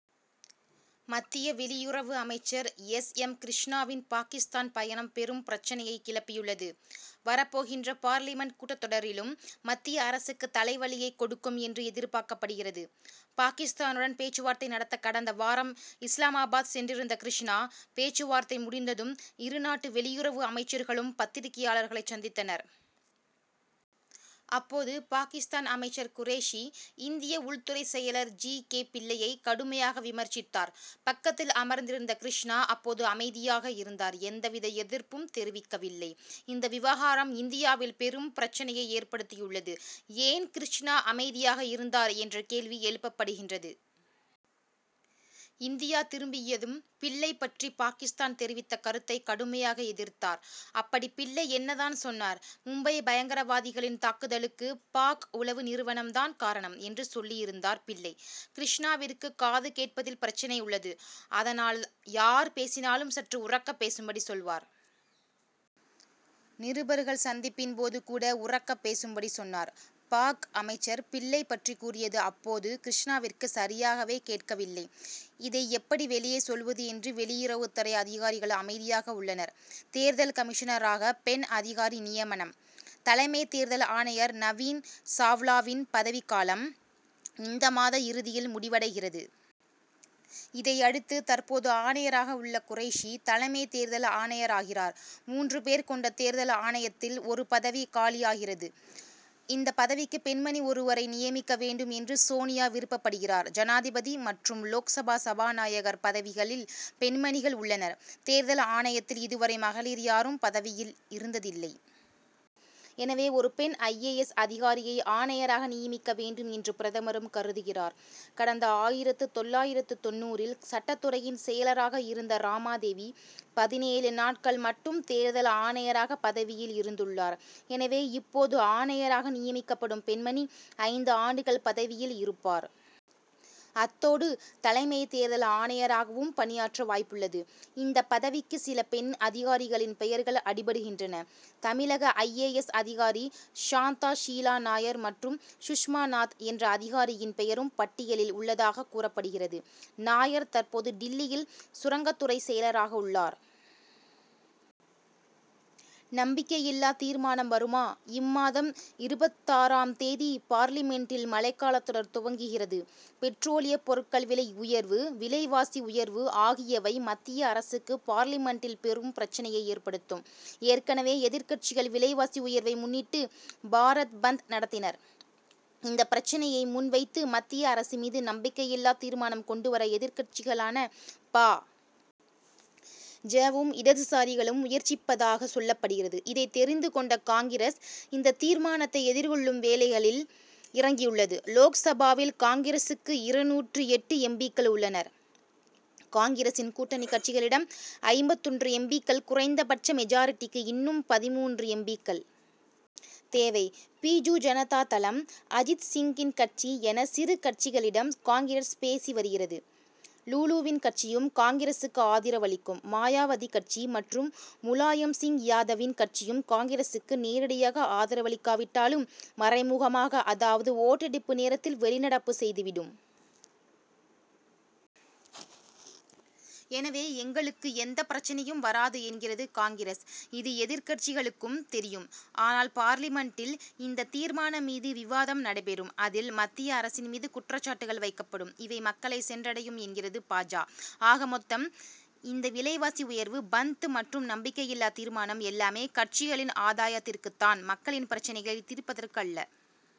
மத்திய வெளியுறவு அமைச்சர் எஸ். எம். கிருஷ்ணாவின் பாகிஸ்தான் பயணம் பெரும் பிரச்னையைக் கிளப்பியுள்ளது. வரப்போகின்ற பார்லிமென்ட் கூட்டத் தொடரிலும், மத்திய அரசுக்கு தலைவலியைக் கொடுக்கும் என்று எதிர்பார்க்கப்படுகிறது. பாகிஸ்தானுடன் பேச்சுவார்த்தை நடத்த கடந்த வாரம் இஸ்லாமாபாத் சென்றிருந்தார் கிருஷ்ணா. பேச்சுவார்த்தை முடிந்ததும், இருநாட்டு வெளியுறவு அமைச்சர்களும் பத்திரிகையாளர்களைச் சந்தித்தனர். அப்போது பாகிஸ்தான் அமைச்சர் குரேஷி, இந்திய உள்துறை செயலர் ஜி. கே. பிள்ளையை கடுமையாக விமர்சித்தார். பக்கத்தில் அமர்ந்திருந்த கிருஷ்ணா அப்போது அமைதியாக இருந்தார்; எந்தவித எதிர்ப்பும் தெரிவிக்கவில்லை. இந்த விவகாரம் இந்தியாவில் பெரும் பிரச்னையை ஏற்படுத்தியுள்ளது. ஏன் கிருஷ்ணா அமைதியாக இருந்தார் என்ற கேள்வி எழுப்பப்படுகின்றது. இந்தியா திரும்பியதும், பிள்ளை பற்றி பாகிஸ்தான் தெரிவித்த கருத்தை கடுமையாக எதிர்த்தார். அப்படி பிள்ளை என்ன தான் சொன்னார்? மும்பை பயங்கரவாதிகளின் தாக்குதலுக்கு பாக்., உளவு நிறுவனம் தான் காரணம்' என்று சொல்லியிருந்தார் பிள்ளை. கிருஷ்ணாவிற்கு காது கேட்பதில் பிரச்னை உள்ளது. அதனால், யார் பேசினாலும் சற்று உரக்க பேசும்படி சொல்வார். நிருபர்கள் சந்திப்பின் போது கூட உரக்க பேசும்படி சொன்னார். பாக்., அமைச்சர், பிள்ளை பற்றி கூறியது, அப்போது கிருஷ்ணாவிற்கு சரியாகவே கேட்கவில்லை. இதை எப்படி வெளியே சொல்வது என்று, வெளியுறவுத்துறை அதிகாரிகள் அமைதியாக உள்ளனர். தேர்தல் கமிஷனராக பெண் அதிகாரி நியமனம்? தலைமை தேர்தல் ஆணையர் நவீன் சாவ்லாவின் பதவிக் காலம், இந்த மாத இறுதியில் முடிவடைகிறது. இதையடுத்து, தற்போது ஆணையராக உள்ள குரேஷி தலைமை தேர்தல் ஆணையராகிறார். மூன்று பேர் கொண்ட தேர்தல் ஆணையத்தில் ஒரு பதவி காலியாகிறது. இந்த பதவிக்கு பெண்மணி ஒருவரை நியமிக்க வேண்டும் என்று சோனியா விருப்பப்படுகிறார். ஜனாதிபதி மற்றும் லோக்சபா சபாநாயகர் பதவிகளில் பெண்மணிகள் உள்ளனர். தேர்தல் ஆணையத்தில் இதுவரை மகளிர் யாரும் பதவியில் இருந்ததில்லை. எனவே, ஒரு பெண் ஐ. ஏ. எஸ்., அதிகாரியை ஆணையராக நியமிக்க வேண்டும் என்று பிரதமரும் கருதுகிறார். கடந்த ஆயிரத்து தொள்ளாயிரத்து தொண்ணூறில் சட்டத்துறையின் செயலராக இருந்த ராமா தேவி, பதினேழு நாட்கள் மட்டும் தேர்தல் ஆணையராக பதவியில் இருந்துள்ளார். எனவே, இப்போது ஆணையராக நியமிக்கப்படும் பெண்மணி, ஐந்து ஆண்டுகள் பதவியில் இருப்பார். அத்தோடு தலைமை தேர்தல் ஆணையராகவும் பணியாற்ற வாய்ப்புள்ளது. இந்த பதவிக்கு சில பெண் அதிகாரிகளின் பெயர்கள் அடிபடுகின்றன. தமிழக ஐ. ஏ. எஸ்., அதிகாரி சாந்தா ஷீலா நாயர் மற்றும் சுஷ்மா நாத் என்ற அதிகாரியின் பெயரும் பட்டியலில் உள்ளதாகக் கூறப்படுகிறது. நாயர் தற்போது டில்லியில் சுரங்கத்துறை செயலராக உள்ளார். நம்பிக்கையில்லா தீர்மானம் வருமா? இம்மாதம் இருபத்தாறாம் தேதி பார்லிமென்டின் மழைக்காலத் தொடர் துவங்குகிறது. பெட்ரோலியப் பொருட்கள் விலை உயர்வு, விலைவாசி உயர்வு ஆகியவை மத்திய அரசுக்கு பார்லிமென்ட்டில் பெரும் பிரச்னையை ஏற்படுத்தும். ஏற்கனவே எதிர்க்கட்சிகள் விலைவாசி உயர்வை முன்னிட்டு, பாரத் பந்த் நடத்தினர். இந்த பிரச்னையை முன் வைத்து மத்திய அரசு மீது நம்பிக்கையில்லா தீர்மானம் கொண்டு வர எதிர்க்கட்சிகளான பா. ஜ.,வும், இடதுசாரிகளும் முயற்சிப்பதாகச் சொல்லப்படுகிறது. இதை தெரிந்து கொண்ட காங்கிரஸ் இந்த தீர்மானத்தை எதிர்க்கொள்ளும் வேலைகளில் இறங்கியுள்ளது. லோக்சபாவில் காங்கிரசுக்கு இருநூற்று எட்டு எம். பி.,க்கள் உள்ளனர். காங்கிரசின் கூட்டணி கட்சிகளிடம் ஐம்பத்தொன்று எம். பி.,க்கள். குறைந்த பட்ச மெஜாரிட்டிக்கு இன்னும் பதிமூன்று எம். பி.,க்கள் தேவை. பிஜு ஜனதா தளம், அஜித் சிங்கின் கட்சி என சிறு கட்சிகளிடம் காங்கிரஸ் பேசி வருகிறது. லூலுவின் கட்சியும் காங்கிரசுக்கு ஆதரவளிக்கும். மாயாவதி கட்சி மற்றும் முலாயம் சிங் யாதவின் கட்சியும் காங்கிரசுக்கு நேரடியாக ஆதரவளிக்காவிட்டாலும், மறைமுகமாக, அதாவது ஓட்டெடுப்பு நேரத்தில் வெளிநடப்பு செய்துவிடும். எனவே, எங்களுக்கு எந்த பிரச்னையும் வராது என்கிறது காங்கிரஸ். இது எதிர்க்கட்சிகளுக்கும் தெரியும். ஆனால், பார்லிமென்டில் இந்த தீர்மானம் மீது விவாதம் நடைபெறும். அதில், மத்திய அரசின் மீது குற்றச்சாட்டுகள் வைக்கப்படும். இவை மக்களை சென்றடையும் என்கிறது பா. ஜ., ஆக மொத்தம் இந்த விலைவாசி உயர்வு பந்த் மற்றும் நம்பிக்கையில்லா தீர்மானம் எல்லாமே, கட்சிகளின் ஆதாயத்திற்குத் தான், மக்களின் பிரச்னைகளை தீர்ப்பதற்கல்ல.